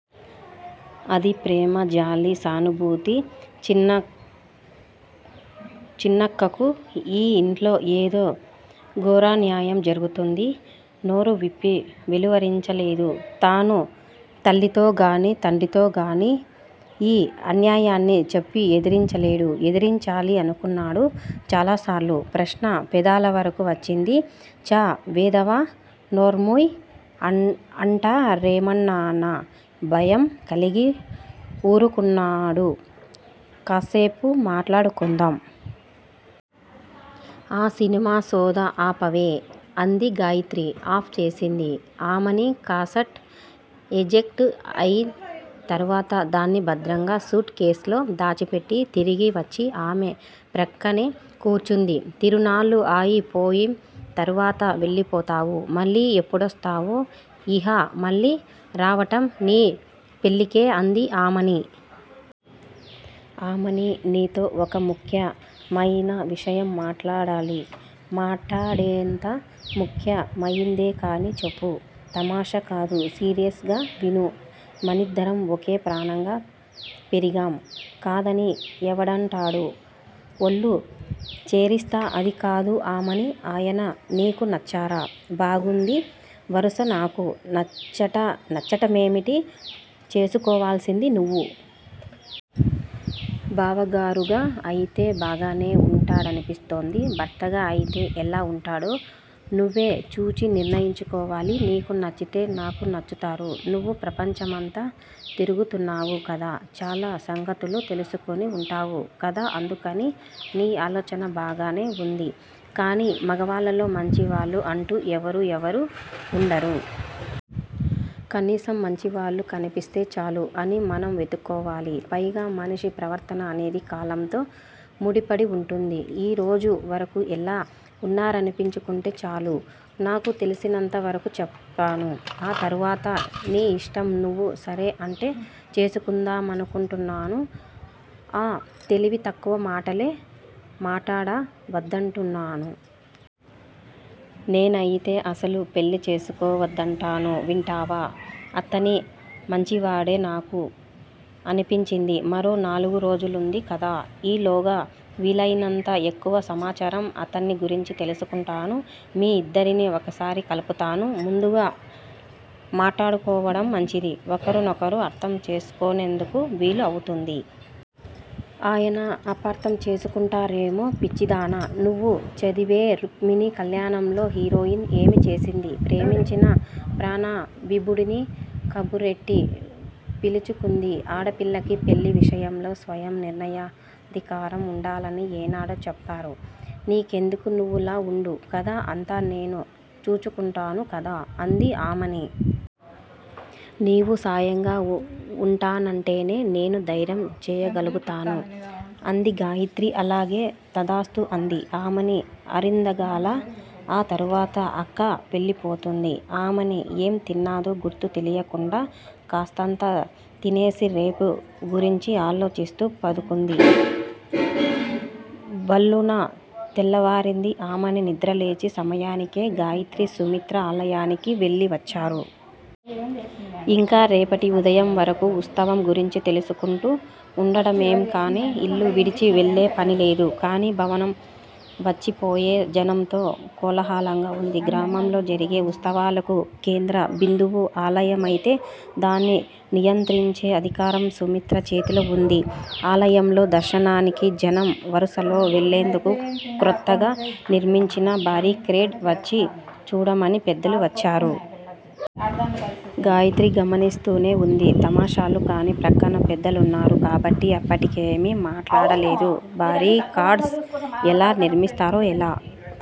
అది ప్రేమ, జాలి, సానుభూతి చిన్న చిన్నక్కకు ఈ ఇంట్లో ఏదో ఘోరాన్యాయం జరుగుతుంది. నోరువిప్పి వెలువరించలేదు. తాను తల్లితోగానీ, తండ్రితోగానీ ఈ అన్యాయాన్ని చెప్పి ఎదిరించలేడు. ఎదిరించాలి అనుకున్నాడు చాలాసార్లు. ప్రశ్న పెదాలవరకూ వచ్చింది. ఛా! వెధవా, నోర్ముయ్ అంటారేమోనన భయంకలిగి ఊరుకున్నాడు. కాస్సేపు మాట్లాడుకుందాం. ఆ సినిమా సొద ఆపవే! అంది గాయత్రి. ఆఫ్ చేసింది ఆమని. కాసట్ ఎజెక్ట్ అయిం తరువాత దాన్ని భద్రంగా సూట్ కేస్ లో దాచిపెట్టి తిరిగి వచ్చి ఆమె ప్రక్కనే కూర్చుంది. తిరునాళ్ళు అయిపోయిం తరువాత వెళ్ళిపోతావు. మళ్ళీ ఎప్పుడొస్తావు? ఇహ మళ్ళీ రావటం నీ పెళ్ళికే అంది ఆమని. ఆమనీ! నీతో ఒక ముఖ్య మయిన విషయం మాటాడాలి! మాటాడేంతా ముఖ్యమయిందే కాని చెప్పు! తమాషా కాదు. సీరియస్ గా విను! మనిద్దరం ఒకే ప్రాణంగా పెరిగాం. కాదని ఎవడంటాడు. ఒళ్ళు చీరేస్తా! అదికాదు ఆమనీ! ఆయన నీకు నచ్చారా? బాగుంది వరుస! నాకు నచ్చటమేమిటి? చేసుకోవాల్సింది నువ్వు! బావగారుగా అయితే బాగానే ఉంటాడనిపిస్తోంది. భర్తగా అయితే ఎలా వుంటాడో నువ్వే చూచి నిర్ణయించుకోవాలి. నీకు నచ్చితే నాకూ నచ్చుతారు. నువ్వు ప్రపంచమంతా తిరుగుతున్నావు కదా! చాలా సంగతులు తెలుసుకుని ఉంటావు కదా అందుకని! నీ ఆలోచన బాగానే ఉంది కాని మగవాళ్ళలో మంచివాళ్ళు అంటూ ఎవరూ ఎవరూ ఉండరు. కనీసం మంచివాళ్ళు కనిపిస్తే చాలు అని మనం వెతుక్కోవాలి. పైగా మనిషి ప్రవర్తన అనేది కాలంతో ముడిపడి వుంటుంది. ఈరోజు వరకు ఎలా ఉన్నారనిపించుకుంటే చాలు?! నాకు తెలిసినంత వరకు చెప్పాను. ఆ తర్వాత నీ యిష్టం. నువ్వు సరే అంటే చేసుకుందామనుకుంటున్నాను. ఆ తెలివి తక్కువ మాటలే మాటాడ వద్దంటున్నా! నేనయితే అసలు పెళ్ళే చేసుకోవద్దంటాను వింటావా! అతనే మంచివాడే అని నాకు అనిపించింది. మరో నాలుగు రోజులుంది కదా! ఈలోగా వీలయినంత ఎక్కువ సమాచారం అతన్ని గురించి తెలుసుకుంటాను. మీ ఇద్దరిని ఒకసారి కలుపుతాను. ముందుగా మాటాడుకోవటం మంచిది. ఒకరి నొకరు అర్ధం చేసుకునేందుకు వీలు అవుతుంది. ఆయన అపార్ధం చేసుకుంటారేమో! పిచ్చిదానా! నువ్వు చదివే రుక్మిణీ కళ్యాణంలో హీరోయిన్ ఏమి చేసింది. ప్రేమించిన ప్రాణవిభుడిని కబురెట్టి పిలిపించుకుంది. ఆడపిల్లకి పెళ్ళి విషయంలో స్వయం నిర్ణయాధికారం ఉండాలని ఏనాడో చెప్పారు. నీకెందుకు నువ్వలా ఉండు. కధ అంతా నేను చూచుకుంటాను కదా? అంది ఆమని. నీవు సాయంగా ఉంటానంటేనే నేను ధైర్యం చేయగలుగుతాను అంది గాయత్రి. అలాగే తధాస్తు అంది ఆమని ఆరిందగలా! ఆ తరువాత అక్క వెళ్ళిపోయింది. ఆమని ఏం తిన్నదో గుర్తు తెలియకుండా కాస్తంత తినేసి రేపు గురించి ఆలోచిస్తూ పదుకుంది! భళ్ళున తెల్లవారింది! ఆమని నిద్రలేచే సమయానికే గాయత్రి, సుమిత్ర ఆలయానికి వెళ్ళివచ్చారు. ఇంక రేపటి ఉదయం వరకూ ఉత్సవం గురించి తెలుసుకుంటూ ఉండటమేకాని ఇల్లు విడిచి వెళ్ళే పనిలేదు. కాని భవనం వచ్చిపోయే జనంతో కోలాహలంగా ఉంది. గ్రామంలో జరిగే ఉత్సవాలకు కేంద్ర బిందువు ఆలయమైతే దాన్ని నియంత్రించే అధికారం సుమిత్ర చేతిలో ఉంది! ఆలయంలో దర్శనానికి జనం వరుసలో వెళ్ళేందుకు క్రొత్తగా నిర్మించిన బారిక్రెడ్ వచ్చి చూడమని పెద్దలు వచ్చారు. గాయత్రి గమనిస్తూనే ఉంది తమాషాలు. కాని ప్రక్కన పెద్దలున్నారు కాబట్టి అప్పటికేమీ మాటాడలేదు. బారికాడ్స్ ఎలా నిర్మిస్తారో ఎలా